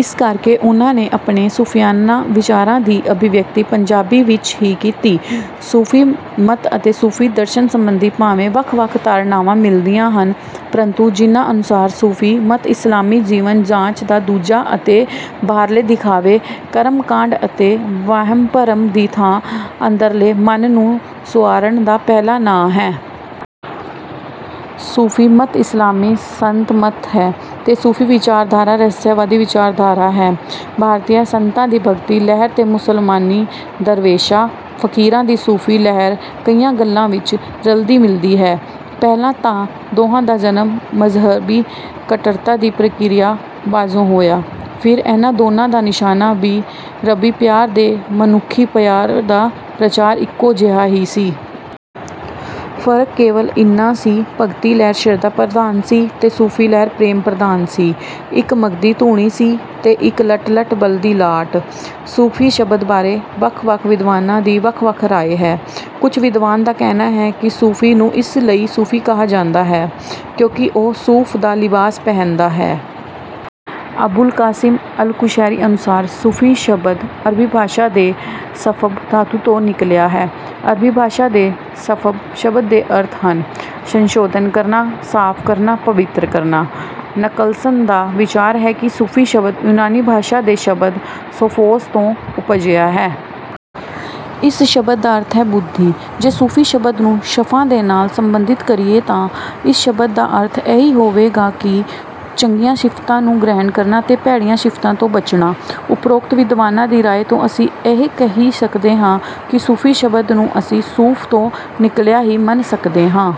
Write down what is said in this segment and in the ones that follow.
ਇਸ ਕਰਕੇ ਉਹਨਾਂ ਨੇ ਆਪਣੇ ਸੂਫ਼ੀਆਨਾ ਵਿਚਾਰਾਂ ਦੀ ਅਭਿਵਿਅਕਤੀ ਪੰਜਾਬੀ ਵਿੱਚ ਹੀ ਕੀਤੀ। ਸੂਫ਼ੀ ਮਤ ਅਤੇ ਸੂਫ਼ੀ ਦਰਸ਼ਨ ਸੰਬੰਧੀ ਭਾਵੇਂ ਵੱਖ-ਵੱਖ ਧਾਰਨਾਵਾਂ ਮਿਲਦੀਆਂ ਹਨ, ਪ੍ਰੰਤੂ ਜਿਨ੍ਹਾਂ ਅਨੁਸਾਰ ਸੂਫ਼ੀ ਮਤ ਇਸਲਾਮੀ ਜੀਵਨ-ਜਾਂਚ ਦਾ ਦੂਜਾ ਅਤੇ ਬਾਹਰਲੇ ਦਿਖਾਵੇ, ਕਰਮਕਾਂਡ ਅਤੇ ਵਹਿਮ-ਭਰਮ ਦੀ ਥਾਂ ਅੰਦਰਲੇ ਮਨ ਨੂੰ ਸੁਆਰਨ ਦਾ ਪਹਿਲਾ ਨਾਂ ਹੈ। "ਸੂਫ਼ੀ ਮਤ ਇਸਲਾਮੀ ਸੰਤ ਮਤ ਹੈ ਤੇ ਸੂਫ਼ੀ ਵਿਚਾਰਧਾਰਾ ਰਹੱਸਵਾਦੀ ਵਿਚਾਰਧਾਰਾ ਹੈ।" ਭਾਰਤੀ ਸੰਤਾਂ ਦੀ ਭਗਤੀ ਲਹਿਰ ਤੇ ਮੁਸਲਮਾਨੀ ਦਰਵੇਸ਼ਾਂ, ਫ਼ਕੀਰਾਂ ਦੀ ਸੂਫ਼ੀ ਲਹਿਰ ਕਈਆਂ ਗੱਲਾਂ ਵਿੱਚ ਰਲਦੀ-ਮਿਲਦੀ ਹੈ। ਪਹਿਲਾਂ ਤਾਂ ਦੋਹਾਂ ਦਾ ਜਨਮ ਮਜ਼੍ਹਬੀ ਕੱਟੜਤਾ ਦੀ ਪ੍ਰਤੀਕ੍ਰਿਆ ਵਜੋਂ ਹੋਇਆ, ਫਿਰ ਇਹਨਾਂ ਦੋਹਾਂ ਦਾ ਨਿਸ਼ਾਨਾ ਵੀ ਰੱਬੀ ਪਿਆਰ ਤੇ ਮਨੁੱਖੀ ਪਿਆਰ ਦਾ ਪ੍ਰਚਾਰ ਇੱਕੋ ਜਿਹਾ ਹੀ ਸੀ। ਫ਼ਰਕ ਕੇਵਲ ਇੰਨਾ ਸੀ, ਭਗਤੀ ਲਹਿਰ ਸ਼ਰਧਾ-ਪ੍ਰਧਾਨ ਸੀ ਤੇ ਸੂਫ਼ੀ ਲਹਿਰ ਪ੍ਰੇਮ-ਪ੍ਰਧਾਨ ਸੀ। ਇੱਕ ਮਘਦੀ ਧੂਣੀ ਸੀ ਤੇ ਇੱਕ ਲਟ-ਲਟ ਬਲਦੀ ਲਾਟ। ਸੂਫ਼ੀ ਸ਼ਬਦ ਬਾਰੇ ਵੱਖ-ਵੱਖ ਵਿਦਵਾਨਾਂ ਦੀ ਵੱਖ-ਵੱਖ ਰਾਇ ਹੈ। ਕੁਝ ਵਿਦਵਾਨਾਂ ਦਾ ਕਹਿਣਾ ਹੈ ਕਿ 'ਸੂਫ਼ੀ' ਨੂੰ ਇਸ ਲਈ 'ਸੂਫ਼ੀ' ਕਿਹਾ ਜਾਂਦਾ ਹੈ ਕਿਉਂਕਿ ਉਹ ਸੂਫ਼ ਦਾ ਲਿਬਾਸ ਪਹਿਨਦਾ ਹੈ। ਅਬੁਲ ਕਾਸਿਮ ਅਲ-ਕੁਸ਼ੈਰੀ ਅਨੁਸਾਰ ਸੂਫ਼ੀ ਸ਼ਬਦ ਅਰਬੀ ਭਾਸ਼ਾ ਦੇ ਸਫ਼ਵ ਧਾਤੂ ਤੋਂ ਨਿਕਲਿਆ ਹੈ। ਅਰਬੀ ਭਾਸ਼ਾ ਦੇ ਸਫ਼ਵ ਸ਼ਬਦ ਦੇ ਅਰਥ ਹਨ - ਸੰਸ਼ੋਧਨ ਕਰਨਾ, ਸਾਫ਼ ਕਰਨਾ, ਪਵਿੱਤਰ ਕਰਨਾ। ਨਿਕਲਸਨ ਦਾ ਵਿਚਾਰ ਹੈ ਕਿ ਸੂਫ਼ੀ ਸ਼ਬਦ ਯੂਨਾਨੀ ਭਾਸ਼ਾ ਦੇ ਸ਼ਬਦ 'ਸੋਫ਼ੋਸ' ਤੋਂ ਉਪਜਿਆ ਹੈ। ਇਸ ਸ਼ਬਦ ਦਾ ਅਰਥ ਹੈ 'ਬੁੱਧੀ'। ਜੇ ਸੂਫ਼ੀ ਸ਼ਬਦ ਨੂੰ 'ਸ਼ਫ਼ਾ' ਦੇ ਨਾਲ ਸਬੰਧਿਤ ਕਰੀਏ ਤਾਂ ਇਸ ਦਾ ਅਰਥ ਇਹ ਹੋਵੇਗਾ ਕਿ ਚੰਗੀਆਂ ਸਿਫ਼ਤਾਂ ਨੂੰ ਗ੍ਰਹਿਣ ਕਰਨਾ ਅਤੇ ਭੈੜੀਆਂ ਸਿਫ਼ਤਾਂ ਤੋਂ ਬਚਣਾ। ਉਪਰੋਕਤ ਵਿਦਵਾਨਾਂ ਦੀ ਰਾਇ ਤੋਂ ਅਸੀਂ ਇਹ ਕਹਿ ਸਕਦੇ ਹਾਂ ਕਿ ਸੂਫ਼ੀ ਸ਼ਬਦ ਨੂੰ ਅਸੀਂ 'ਸੂਫ਼' ਤੋਂ ਨਿਕਲਿਆ ਹੀ ਮੰਨ ਸਕਦੇ ਹਾਂ।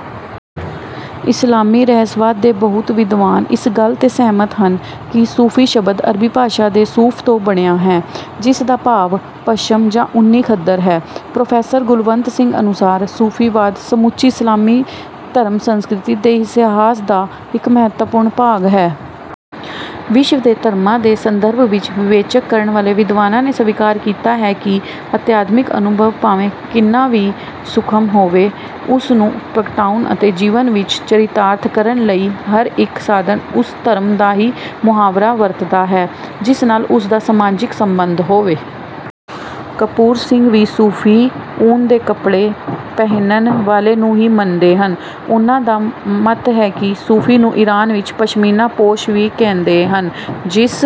"ਇਸਲਾਮੀ ਰਹੱਸਵਾਦ ਦੇ ਬਹੁਤੇ ਵਿਦਵਾਨ ਇਸ ਗੱਲ 'ਤੇ ਸਹਿਮਤ ਹਨ ਕਿ 'ਸੂਫ਼ੀ' ਸ਼ਬਦ ਅਰਬੀ ਭਾਸ਼ਾ ਦੇ ਸ਼ਬਦ 'ਸੂਫ਼' ਤੋਂ ਬਣਿਆ ਹੈ, ਜਿਸ ਦਾ ਭਾਵ ਪਸ਼ਮ ਜਾਂ ਉੱਨੀ ਖੱਦਰ ਹੈ।" ਪ੍ਰੋਫੈਸਰ ਗੁਲਵੰਤ ਸਿੰਘ ਅਨੁਸਾਰ ਸੂਫ਼ੀਵਾਦ ਸਮੁੱਚੀ ਇਸਲਾਮੀ ਧਰਮ-ਸੰਸਕ੍ਰਿਤੀ ਦੇ ਇਤਿਹਾਸ ਦਾ ਇੱਕ ਮਹੱਤਵਪੂਰਨ ਭਾਗ ਹੈ। ਵਿਸ਼ਵ ਦੇ ਧਰਮਾਂ ਦੇ ਸੰਦਰਭ ਵਿੱਚ ਵਿਵੇਚਨ ਕਰਨ ਵਾਲੇ ਵਿਦਵਾਨਾਂ ਨੇ ਸਵੀਕਾਰ ਕੀਤਾ ਹੈ ਕਿ ਅਧਿਆਤਮਿਕ ਅਨੁਭਵ ਭਾਵੇਂ ਕਿੰਨਾ ਵੀ ਸੂਖਮ ਹੋਵੇ, ਉਸ ਨੂੰ ਪ੍ਰਗਟਾਉਣ ਅਤੇ ਜੀਵਨ ਵਿੱਚ ਚਰਿਤਾਰਥ ਕਰਨ ਲਈ ਹਰੇਕ ਸਾਧਕ ਉਸ ਧਰਮ ਦਾ ਹੀ ਮੁਹਾਵਰਾ ਵਰਤਦਾ ਹੈ, ਜਿਸ ਨਾਲ ਉਸ ਦਾ ਸਮਾਜਿਕ ਸਬੰਧ ਹੋਵੇ। ਕਪੂਰ ਸਿੰਘ ਵੀ ਸੂਫ਼ੀ, ਊਨ ਦੇ ਕੱਪੜੇ ਪਹਿਨਣ ਵਾਲੇ ਨੂੰ ਹੀ ਮੰਨਦੇ ਹਨ। ਉਹਨਾਂ ਦਾ ਮੱਤ ਹੈ ਕਿ "ਸੂਫ਼ੀ ਨੂੰ ਈਰਾਨ ਵਿੱਚ 'ਪਸ਼ਮੀਨਾ-ਪੋਸ਼' ਵੀ ਕਹਿੰਦੇ ਹਨ, ਜਿਸ